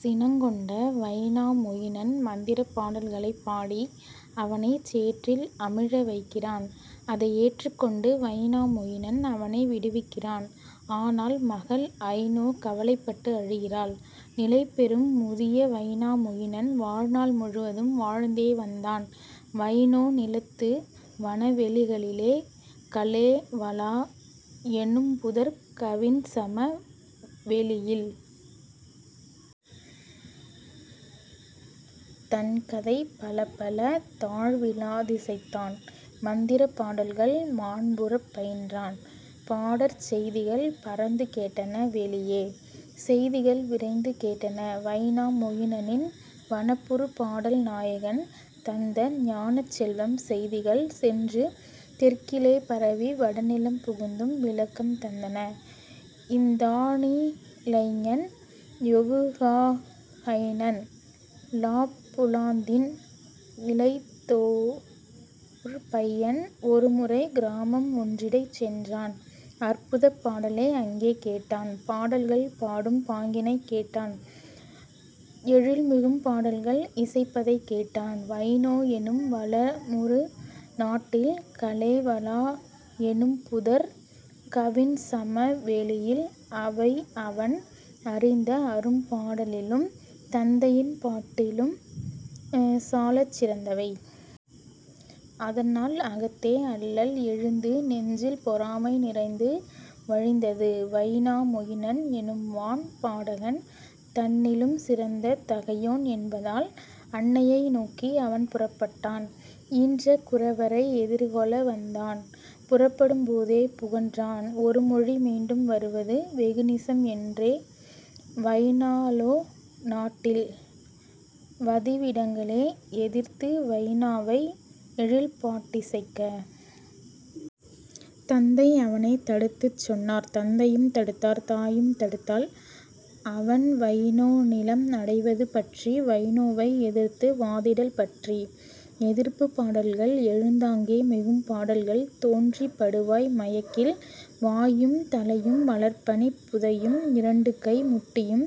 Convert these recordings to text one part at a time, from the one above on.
சினங் கொண்ட வைனாமொயினன் மந்திரப் பாடல்களைப் பாடி அவனைச் சேற்றில் அமிழ வைக்கிறான். அதை ஏற்றுக்கொண்டு வைனாமொயினன் அவனை விடுவிக்கிறான். ஆனால் மகள் ஐனோ கவலைப்பட்டு அழுகிறாள். நிலைபெறும் முதிய வைனா மொயினன் வாழ்நாள் முழுதும் வாழ்ந்தே வந்தான் வைனோ நிலத்து வனவெளிகளிலே கலேவலா எனும்புதர்க் கவின்சம வெளியில். தன்கதை பலப்பல தாழ்விலாதிசைத்தான் மந்திரப் பாடல்கள் மாண்புறப் பயின்றான். பாடற் செய்திகள் பரந்து கேட்டன வெளியே செய்திகள் விரைந்து கேட்டன வைனா மொயினனின் வனப்புறு பாடல் நாயகன் தந்த ஞானச் செல்வம் செய்திகள் சென்று தெற்கிலே பரவி வடநிலம் புகுந்தும் விளக்கம் தந்தன. இருந்தானிளைஞன் யொவுகாஹைனன் லாப்புலாந்தின் இளைத்ததோர் பையன் ஒருமுறை கிராமம் ஒன்றிடைச் சென்றான் அற்புதப் பாடலை அங்கே கேட்டான் பாடல்கள் பாடும் பாங்கினைக் கேட்டான் எழில்மிகும் பாடல்கள் இசைப்பதைக் கேட்டான் வைனோ என்னும் வளமுறு நாட்டில் கலேவலா எனும்புதர்க் கவின்சம வெளியில் அவைஅவன் அறிந்த அரும்பாடலிலும் தந்தையின் பாட்டிலும் சாலச் சிறந்தவை. அதனால் அகத்தே அல்லல் எழுந்து நெஞ்சில் பொறாமை நிறைந்து வழிந்தது வைனா மொயினன் எனும்வான் பாடகன் தன்னிலும் சிறந்த தகையோன் என்பதால்; அன்னையை நோக்கி அவன் புறப்பட்டான் ஈன்ற குரவரை எதிர்கொள வந்தான் புறப்படும் போதே புகன்றான் ஒருமொழி மீண்டும் வருவது வெகுநிசம் என்றே வைனோலா நாட்டின் வதிவிடங்களிலே எதிர்த்துவைனோவை எழிற்பாட்டிசைக்க. தந்தை அவனைத் தடுத்துச் சொன்னார் தந்தையும் தடுத்தார் தாயும் தடுத்தாள் அவன்வைனோநிலம் அடைவது பற்றி வைனோவை எதிர்த்து வாதிடல் பற்றி; எதிர்ப்புப் பாடல்கள் எழுந்தாங்கே மிகும் பாடல்கள் தோன்றிப் படுவாய் மயக்கில் வாயும் தலையும் வளர்பனிப் புதையும் இரண்டுகை முட்டியும்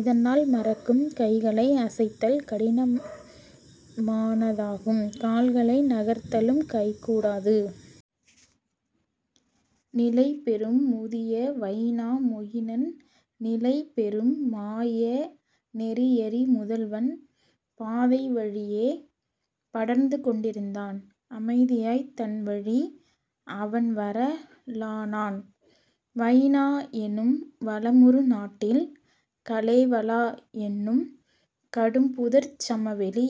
இதனால் மரக்கும் கைகளை அசைத்தல் கடினமதாகும் கால்களை நகர்த்தலும் கைகூடாது. நிலைபெறும் முதிய வைனா மொயினன் நிலைபெறும் மாய நெறியறி முதல்வன் பாதை வழியே படர்ந்துகொண்டிருந்தான் அமைதியாய்த் தன்வழி அவன்வர லானான் வைனோ என்னும் வளமுறு நாட்டில் கலேவலா என்னும் கடும்புதர்ச் சமவெளி.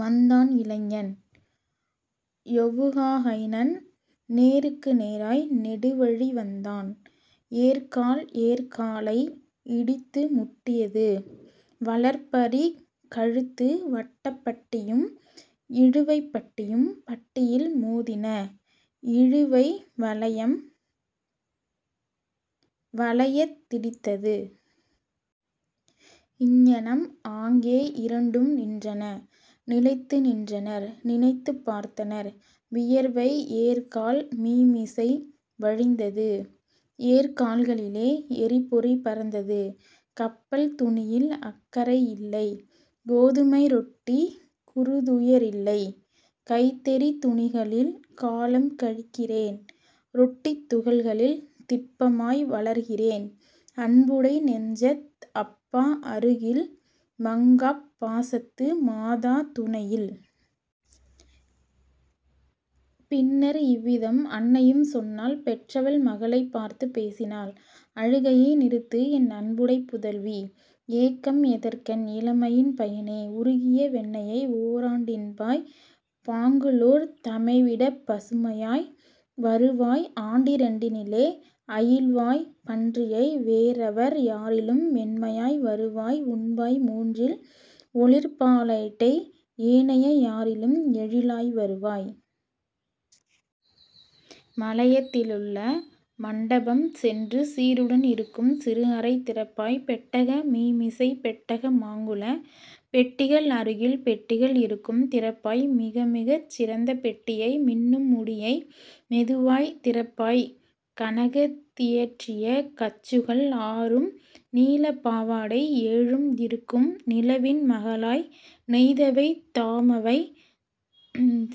வந்தான் இளைஞன் யொவுகாஹைனன் நேருக்கு நேராய் நெடுவழி வந்தான் ஏர்க்கால் ஏர்க்காலை இடித்துமுட்டியது வளர்பரிக் கழுத்து வட்டப் பட்டியும் இழுவைப் பட்டியும் பட்டியில் மோதின இழுவை வளையம் வளையத் திடித்தது. இங்ஙனம் ஆங்கே இரண்டும் நின்றன நிலைத்து நின்றனர் நினைத்துப் பார்த்தனர் வியர்வை ஏர்க்கால் மீமிசை வழிந்தது ஏர்க்கால்களிலே எரிப்பொறி பறந்தது. கப்பல் துணியில் அக்கறை இல்லை கோதுமை ரொட்டிக் குறுதுயரில்லை கைத்தறித் துணிகளில் காலம்கழிக்கிறேன் ரொட்டித் துகள்களில் திட்பமாய் வளர்கிறேன் அன்புடை நெஞ்சத் அப்பா அருகில் மங்காப் பாசத்து மாதா துணையில். பின்னர் இவ்விதம் அன்னையும் சொன்னாள் பெற்றவள் மகளைப் பார்த்துப் பேசினாள்: அழுகையை நிறுத்துஎன் அன்புடைப் புதல்வி! ஏக்கம் எதற்கென் இளமையின் பயனே! உருகிய வெண்ணையை ஓராண்டுண்பாய் பாங்குளோர் தமைவிடப் பசுமையாய் வருவாய் ஆண்டிரண்டினிலே அயில்வாய் பன்றியை வேறெவர் யாரிலும் மென்மையாய் வருவாய் உண்பாய் மூன்றில் ஒளிர்பாலேட்டை ஏனைய யாரிலும் எழிலாய் வருவாய். மலையதியிலுள்ள மண்டபம் சென்று சீருடன் இருக்கும் சிறுஅறை திறப்பாய் பெட்டக மீமிசை பெட்டக மாங்குள பெட்டிகள் அருகில் பெட்டிகள் இருக்கும் திறப்பாய் மிகமிகச் சிறந்த பெட்டியை மின்னும் முடியை மெதுவாய்த் திறப்பாய் கனகத்தியற்றிய கச்சுகள் ஆறும் நீலப்பாவாடை ஏழும் இருக்கும் நிலவின் மகளால் நெய்தவை தாமவை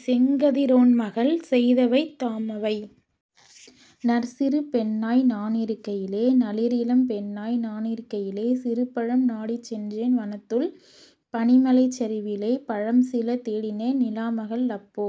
செங்கதிரோன்மகள் செய்தவை தாமவை. நற்சிறு பெண்ணாய் நானிருக்கையிலே நளிர்இளம் பெண்ணாய் நானிருக்கையிலே சிறுபழம் நாடிச் சென்றேன் வனத்துள் பனிமலைச்சரிவிலே பழம்சில தேடினேன் நிலாமகள் அப்போ